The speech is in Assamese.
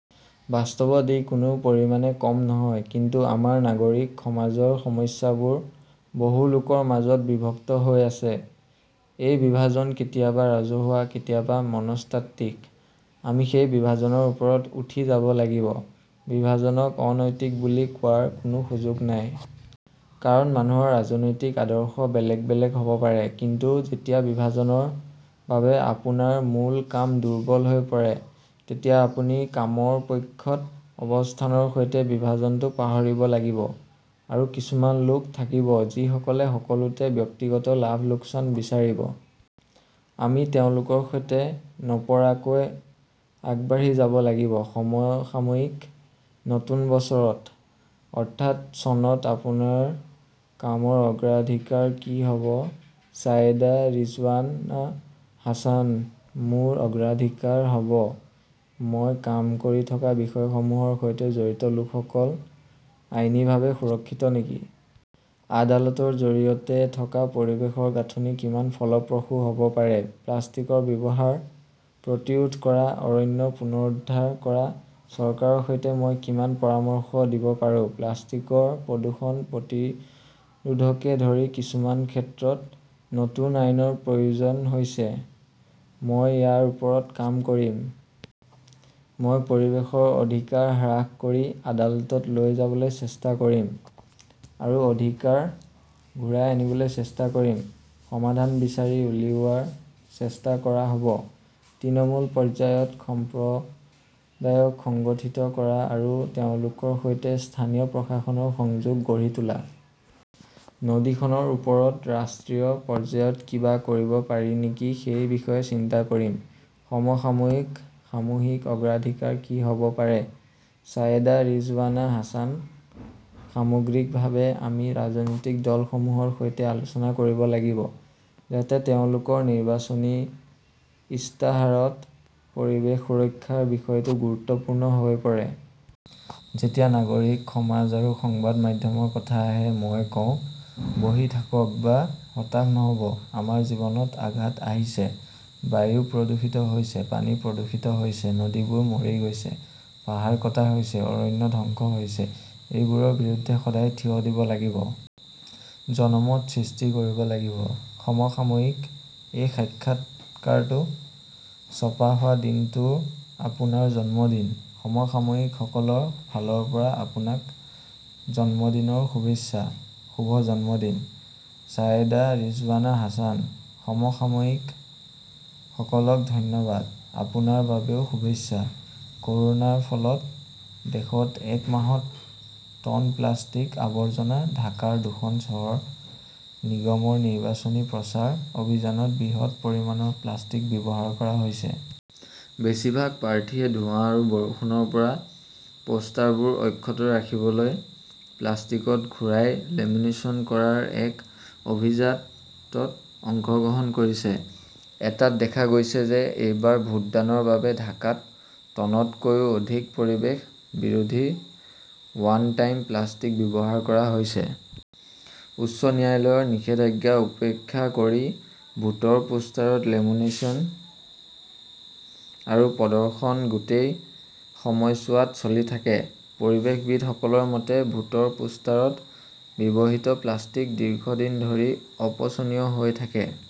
বাস্তৱত ই কোনো পৰিমাণে কম নহয়। কিন্তু আমাৰ নাগৰিক সমাজৰ সমস্যাবোৰ বহু লোকৰ মাজত বিভক্ত হৈ আছে। এই বিভাজন কেতিয়াবা ৰাজহুৱা, কেতিয়াবা মনস্তাত্ত্বিক। আমি সেই বিভাজনৰ ওপৰত উঠি যাব লাগিব। বিভাজনক অনৈতিক বুলি কোৱাৰ কোনো সুযোগ নাই। কাৰণ, মানুহৰ ৰাজনৈতিক আদৰ্শ বেলেগ বেলেগ হ ব পাৰে। কিন্তু যেতিয়া বিভাজনৰ বাবে আপোনাৰ মূল কাম দুৰ্বল হৈ পৰে, তেতিয়া আপুনি কামৰ পক্ষত অৱস্থানৰ সৈতে বিভাজনটো পাহৰিব লাগিব। আৰু কিছুমান লোক থাকিব, যিসকলে সকলোতে ব্যক্তিগত লাভ-লোকচান বিচাৰিব। আমি তেওঁলোকৰ সৈতে নপৰাকৈ আগবাঢ়ি যাব লাগিব। সমসাময়িক নতুন বছৰত, অৰ্থাৎ চনত আপোনাৰ কামৰ অগ্ৰাধিকাৰ কি হ 'ব ছায়েদা ৰিজৱানা হাছান মোৰ অগ্ৰাধিকাৰ হ 'ব মই কাম কৰি থকা বিষয়সমূহৰ সৈতে জড়িত লোকসকল আইনীভাৱে সুৰক্ষিত নেকি। আদালতৰ জৰিয়তে থকা পৰিৱেশৰ গাঁথনি কিমান ফলপ্ৰসূ হ’ব পাৰে। প্লাষ্টিকৰ ব্যৱহাৰ প্ৰতিৰোধ কৰা, অৰণ্য পুনৰুদ্ধাৰ কৰা-চৰকাৰৰ সৈতে মই কিমান পৰামৰ্শ দিব পাৰো। প্লাষ্টিকৰ প্ৰদূষণ প্ৰতিৰোধকে ধৰি কিছুমান ক্ষেত্ৰত নতুন আইনৰ প্ৰয়োজন হৈছে। মই ইয়াৰ ওপৰত কাম কৰিম। মই পৰিৱেশৰ অধিকাৰ হ্ৰাস কৰি আদালতত লৈ যাবলৈ চেষ্টা কৰিম আৰু অধিকাৰ ঘূৰাই আনিবলৈ চেষ্টা কৰিম। সমাধান বিচাৰি উলিওৱাৰ চেষ্টা কৰা হ’ব। তৃণমূল পৰ্যায়ত সম্প্ৰদায়ক সংগঠিত কৰা আৰু তেওঁলোকৰ সৈতে স্থানীয় প্ৰশাসনৰ সংযোগ গঢ়ি তোলা। নদীখনৰ ওপৰত ৰাষ্ট্ৰীয় পৰ্যায়ত কিবা কৰিব পাৰি নেকি সেই বিষয়ে চিন্তা কৰিম। সমসাময়িক সামূহিক অগ্ৰাধিকাৰ কি হ 'ব পাৰে ছায়েদা ৰিজৱানা হাছান সামগ্ৰিকভাৱে আমি ৰাজনৈতিক দলসমূহৰ সৈতে আলোচনা কৰিব লাগিব। যাতে তেওঁলোকৰ নিৰ্বাচনী ইস্তাহাৰত পৰিৱেশ সুৰক্ষাৰ বিষয়টো গুৰুত্বপূৰ্ণ হৈ পৰে। যেতিয়া নাগৰিক সমাজ আৰু সংবাদ মাধ্যমৰ কথা আহে, মই কওঁ, বহি থাকক বা হতাশ নহ 'ব। আমাৰ জীৱনত আঘাত আহিছে। বায়ু প্ৰদূষিত হৈছে, পানী প্ৰদূষিত হৈছে, নদীবোৰ মৰি গৈছে, পাহাৰ কটা হৈছে, অৰণ্য ধ্বংস হৈছে-এইবোৰৰ বিৰুদ্ধে সদায় থিয় দিব লাগিব। জনমত সৃষ্টি কৰিব লাগিব। সমসাময়িকঃ এই সাক্ষাৎকাৰটো ছপা হোৱা দিনটো আপোনাৰ জন্মদিন। সমসাময়িকসকলৰ ফালৰ পৰা আপোনাক জন্মদিনৰ শুভেচ্ছা। শুভ জন্মদিন। ছায়েদা ৰিজৱানা হাছানঃ সমসাময়িকসকলক ধন্যবাদ। আপোনাৰ বাবেও শুভেচ্ছা। ক’ৰোনাৰ ফলত দেশত এক মাহত টন প্লাষ্টিকৰ আৱৰ্জনা ঢাকাৰ দুখন চহৰ নিগমৰ নিৰ্বাচনী প্ৰচাৰ অভিযানত বৃহৎ পৰিমাণৰ প্লাষ্টিক ব্যৱহাৰ কৰা হৈছে। বেছিভাগ প্ৰাৰ্থীয়ে ধোঁৱা আৰু বৰষুণৰ পৰা পোষ্টাৰবোৰ অক্ষত ৰাখিবলৈ প্লাষ্টিকত ঘূৰাই লেমিনেচন কৰাৰ এক অভিজাত ত অংশগ্ৰহণ কৰিছে। এটাত দেখা গৈছে যে এইবাৰ ভোটদানৰ বাবে ঢাকাত টনতকৈও অধিক পৰিৱেশ বিৰোধী 'ৱান টাইম "প্লাষ্টিক ব্যৱহাৰ কৰা হৈছে। উচ্চ ন্যায়ালয়ৰ নিষেধাজ্ঞা উপেক্ষা কৰি ভোটৰ পোষ্টাৰত লেমিনেচন আৰু প্ৰদৰ্শন গোটেই সময়ছোৱাত চলি থাকে। পৰিৱেশবিদসকলৰ মতে, ভোটৰ পোষ্টাৰত ব্যৱহৃত প্লাষ্টিক দীৰ্ঘদিন ধৰি অপচনীয় হৈ থাকে।